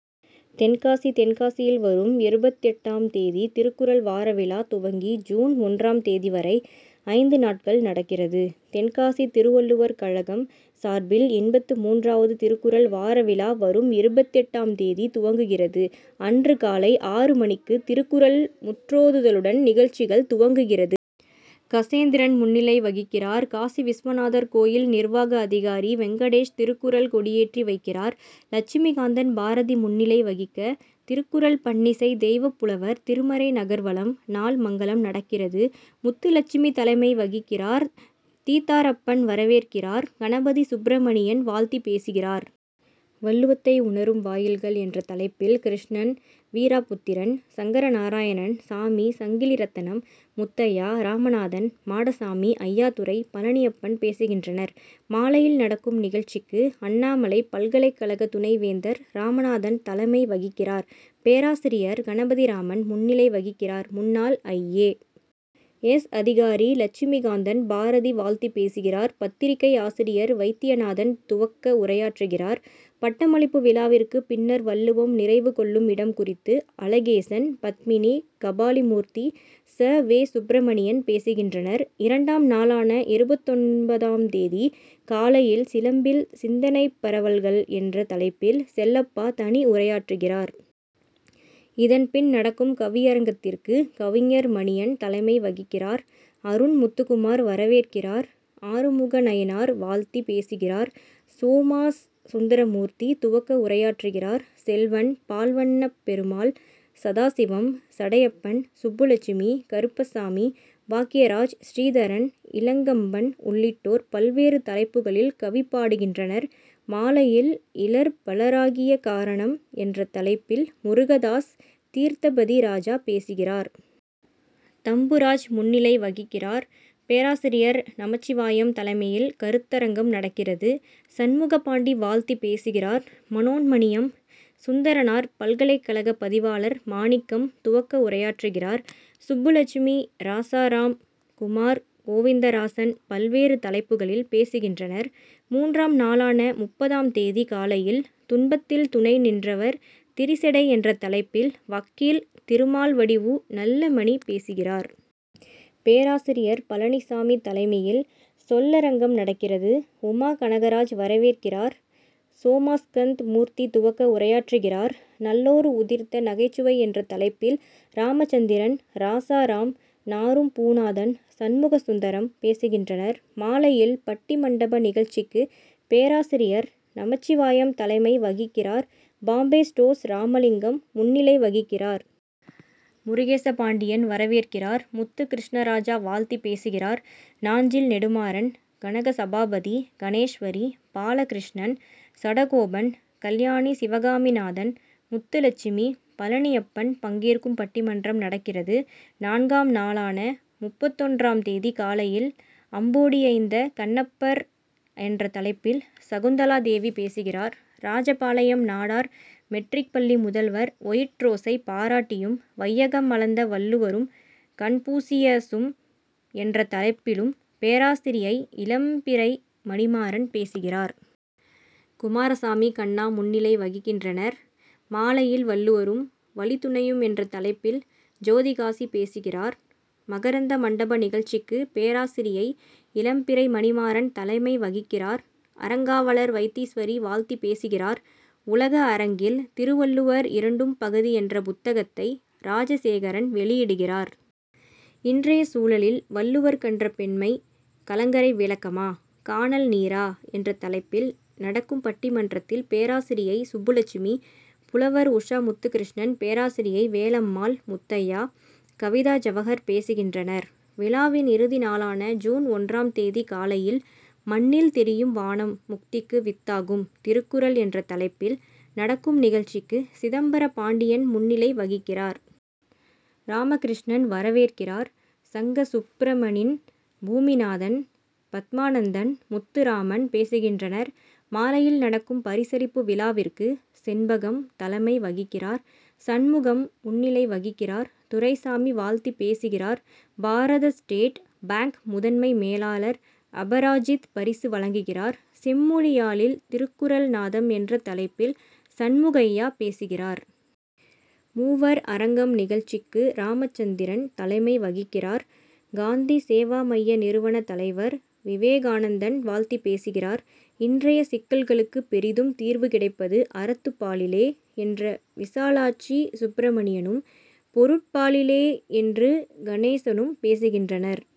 தென்காசி தென்காசியில் வரும் இருபத்தெட்டு ஆம் தேதி திருக்குறள் வார விழா துவங்கி ஜூன் ஒன்றாம் தேதி வரை ஐந்து நாட்கள் நடக்கிறது. தென்காசி திருவள்ளுவர் கழகம் சார்பில் எண்பத்து மூன்றாவது திருக்குறள் வார விழா வரும் இருபத்தெட்டு ஆம் தேதி துவங்குகிறது. அன்று காலை ஆறு மணிக்கு திருக்குறள் முற்றோதுதலுடன் நிகழ்ச்சிகள் துவங்குகிறது. கசேந்திரன் முன்னிலை வகிக்கிறார். காசிவிசுநாதர் கோயில் நிர்வாக அதிகாரி வெங்கடேஷ் திருக்குறள் கொடியேற்றி வைக்கிறார். லட்சுமி காந்தன் பாரதி முன்னிலை வகிக்க திருக்குறள் பண்ணிசை, தெய்வப்புலவர் திருமறை நகர்வலம், நாள் மங்கலம் நடக்கிறது. முத்துலட்சுமி தலைமை வகிக்கிறார். தீத்தாரப்பன் வரவேற்கிறார். கணபதி சுப்பிரமணியன் வாழ்த்தி பேசுகிறார். வள்ளுவத்தை உணரும் வாயில்கள் என்ற தலைப்பில் கிருஷ்ணன், வீரபுத்திரன், சங்கரநாராயணன், சாமி, சங்கிலிரத்னம், முத்தையா, ராமநாதன், மாடசாமி, ஐயாத்துரை, பழநியப்பன் பேசுகின்றனர். மாலையில் நடக்கும் நிகழ்ச்சிக்கு அண்ணாமலை பல்கலைக்கழக துணை வேந்தர் ராமநாதன் தலைமை வகிக்கிறார். பேராசிரியர் கணபதிராமன் முன்னிலை வகிக்கிறார். முன்னாள் ஐ. ஏ. எஸ். அதிகாரி லட்சுமிகாந்தன் பாரதி வாழ்த்தி பேசுகிறார். பத்திரிகை ஆசிரியர் வைத்தியநாதன் துவக்க உரையாற்றுகிறார். பட்டமளிப்பு விழாவிற்கு பின்னர் வள்ளுவம் நிறைவு கொள்ளும் இடம் குறித்து அழகேசன், பத்மினி கபாலிமூர்த்தி ச. வே. சுப்பிரமணியன் பேசுகின்றனர். இரண்டாம் நாளான இருபத்தொன்பது ஆம் தேதி காலையில் சிலம்பில் சிந்தனைப்பரவல்கள் என்ற தலைப்பில் செல்லப்பா தனி உரையாற்றுகிறார். இதன் பின் நடக்கும் கவிரயங்கத்திற்கு கவிஞர் மணியன் தலைமை வகிக்கிறார். அருண் முத்துக்குமார் வரவேற்கிறார். ஆறுமுகநயினார் வாழ்த்தி பேசுகிறார். சோமாஸ் சுந்தரமூர்த்தி துவக்க உரையாற்றுகிறார். செல்வன், பால்வண்ணப்பெருமாள், சதாசிவம், சடையப்பன், சுப்புலட்சுமி, கருப்புசாமி, பாக்கியராஜ், ஸ்ரீதரன், இளங்கம்பன் உள்ளிட்டோர் பல்வேறு தலைப்புகளில் கவி பாடுகின்றனர். மாலையில் இலர் பலராகிய காரணம் என்ற தலைப்பில் முருகதாஸ் தீர்த்தபதி ராஜா பேசுகிறார். தம்புராஜ் முன்னிலை வகிக்கிறார். பேராசிரியர் நமச்சிவாயம் தலைமையில் கருத்தரங்கம் நடக்கிறது. சண்முகப்பாண்டி வாழ்த்தி பேசுகிறார். மனோன்மணியம் சுந்தரனார் பல்கலைக்கழக பதிவாளர் மாணிக்கம் துவக்க உரையாற்றுகிறார். சுப்புலட்சுமி, ராசாராம், குமார், கோவிந்தராசன் பல்வேறு தலைப்புகளில் பேசுகின்றனர். மூன்றாம் நாளான முப்பது ஆம் தேதி காலையில் துன்பத்தில் துணை நின்றவர் திரிசடை என்ற தலைப்பில் வக்கீல் திருமால் வடிவு நல்லமணி பேசுகிறார். பேராசிரியர் பழநிசாமி தலைமையில் சொல்லரங்கம் நடக்கிறது. உமா கனகராஜ் வரவேற்கிறார். சோமாஸ்கந் மூர்த்தி துவக்க உரையாற்றுகிறார். நல்லோர் உதிர்த்த நகைச்சுவை என்ற தலைப்பில் ராமச்சந்திரன், ராசாராம், நாறும் பூநாதன், சண்முகசுந்தரம் பேசுகின்றனர். மாலையில் பட்டிமண்டப நிகழ்ச்சிக்கு பேராசிரியர் நமச்சிவாயம் தலைமை வகிக்கிறார். பாம்பே ஸ்டோர்ஸ் ராமலிங்கம் முன்னிலை வகிக்கிறார். முருகேசபாண்டியன் வரவேற்கிறார். முத்துகிருஷ்ணராஜா வாழ்த்தி பேசுகிறார். நாஞ்சில் நெடுமாறன், கனகசபாபதி, கணேஷ்வரி, பாலகிருஷ்ணன், சடகோபன், கல்யாணி சிவகாமிநாதன், முத்துலட்சுமி, பழநியப்பன் பங்கேற்கும் பட்டிமன்றம் நடக்கிறது. நான்காம் நாளான முப்பத்தொன்று ஆம் தேதி காலையில் அன்போடியைந்த கண்ணப்பர் என்ற தலைப்பில் சகுந்தலா தேவி பேசுகிறார். ராஜபாளையம் நாடார் மெட்ரிக் பள்ளி முதல்வர் ஒயிட்ரோசை பாராட்டியும், வையகம் அளந்த வள்ளுவரும், கன்பூசியசும் என்ற தலைப்பிலும் பேராசிரியை இளம்பிறை மணிமாறன் பேசுகிறார். குமாரசாமி, கண்ணா முன்னிலை வகிக்கின்றனர். மாலையில் வள்ளுவரும், வழித்துணையும் என்ற தலைப்பில் ஜோதிகாசி பேசுகிறார். மகரந்த மண்டப நிகழ்ச்சிக்கு பேராசிரியை இளம்பிறை மணிமாறன் தலைமை வகிக்கிறார். அறங்காவலர் வைத்தீஸ்வரி வாழ்த்தி பேசுகிறார். உலக அரங்கில் திருவள்ளுவர் இரண்டும் பகுதி என்ற புத்தகத்தை ராஜசேகரன் வெளியிடுகிறார். இன்றைய சூழலில் வள்ளுவர் கண்ட பெண்மை கலங்கரை விளக்கமா? கானல் நீரா? என்ற தலைப்பில் நடக்கும் பட்டி மன்றத்தில் பேராசிரியை சுப்புலட்சுமி, புலவர் உஷா முத்துகிருஷ்ணன், பேராசிரியை வேலம்மாள் முத்தையா, கவிதா ஜவஹர் பேசுகின்றனர். விழாவின் இறுதி நாளான ஜூன் ஒன்றாம் தேதி காலையில் மண்ணில் தெரியும் வானம் முக்திக்கு வித்தாகும் திருக்குறள் என்ற தலைப்பில் நடக்கும் நிகழ்ச்சிக்கு சிதம்பர பாண்டியன் முன்னிலை வகிக்கிறார். ராமகிருஷ்ணன் வரவேற்கிறார். சங்கரசுப்பிரமணின், பூமிநாதன், பத்மானந்தன், முத்துராமன் பேசுகின்றனர். மாலையில் நடக்கும் பரிசளிப்பு விழாவிற்கு செண்பகம் தலைமை வகிக்கிறார். சண்முகம் முன்னிலை வகிக்கிறார். துரைசாமி வாழ்த்தி பேசுகிறார். பாரத ஸ்டேட் பாங்க் முதன்மை மேலாளர் அபராஜித் பரிசு வழங்குகிறார். செம்மொழியாழில் திருக்குறள் நாதம் என்ற தலைப்பில் சண்முகையா பேசுகிறார். மூவர் அரங்கம் நிகழ்ச்சிக்கு ராமச்சந்திரன் தலைமை வகிக்கிறார். காந்தி சேவா மைய நிறுவன தலைவர் விவேகானந்தன் வாழ்த்தி பேசுகிறார். இன்றைய சிக்கல்களுக்கு பெரிதும் தீர்வு கிடைப்பது அறத்துப்பாலிலே என்று விசாலாட்சி சுப்பிரமணியனும், பொருட்பாலிலே என்று கணேசனும் பேசுகின்றனர்.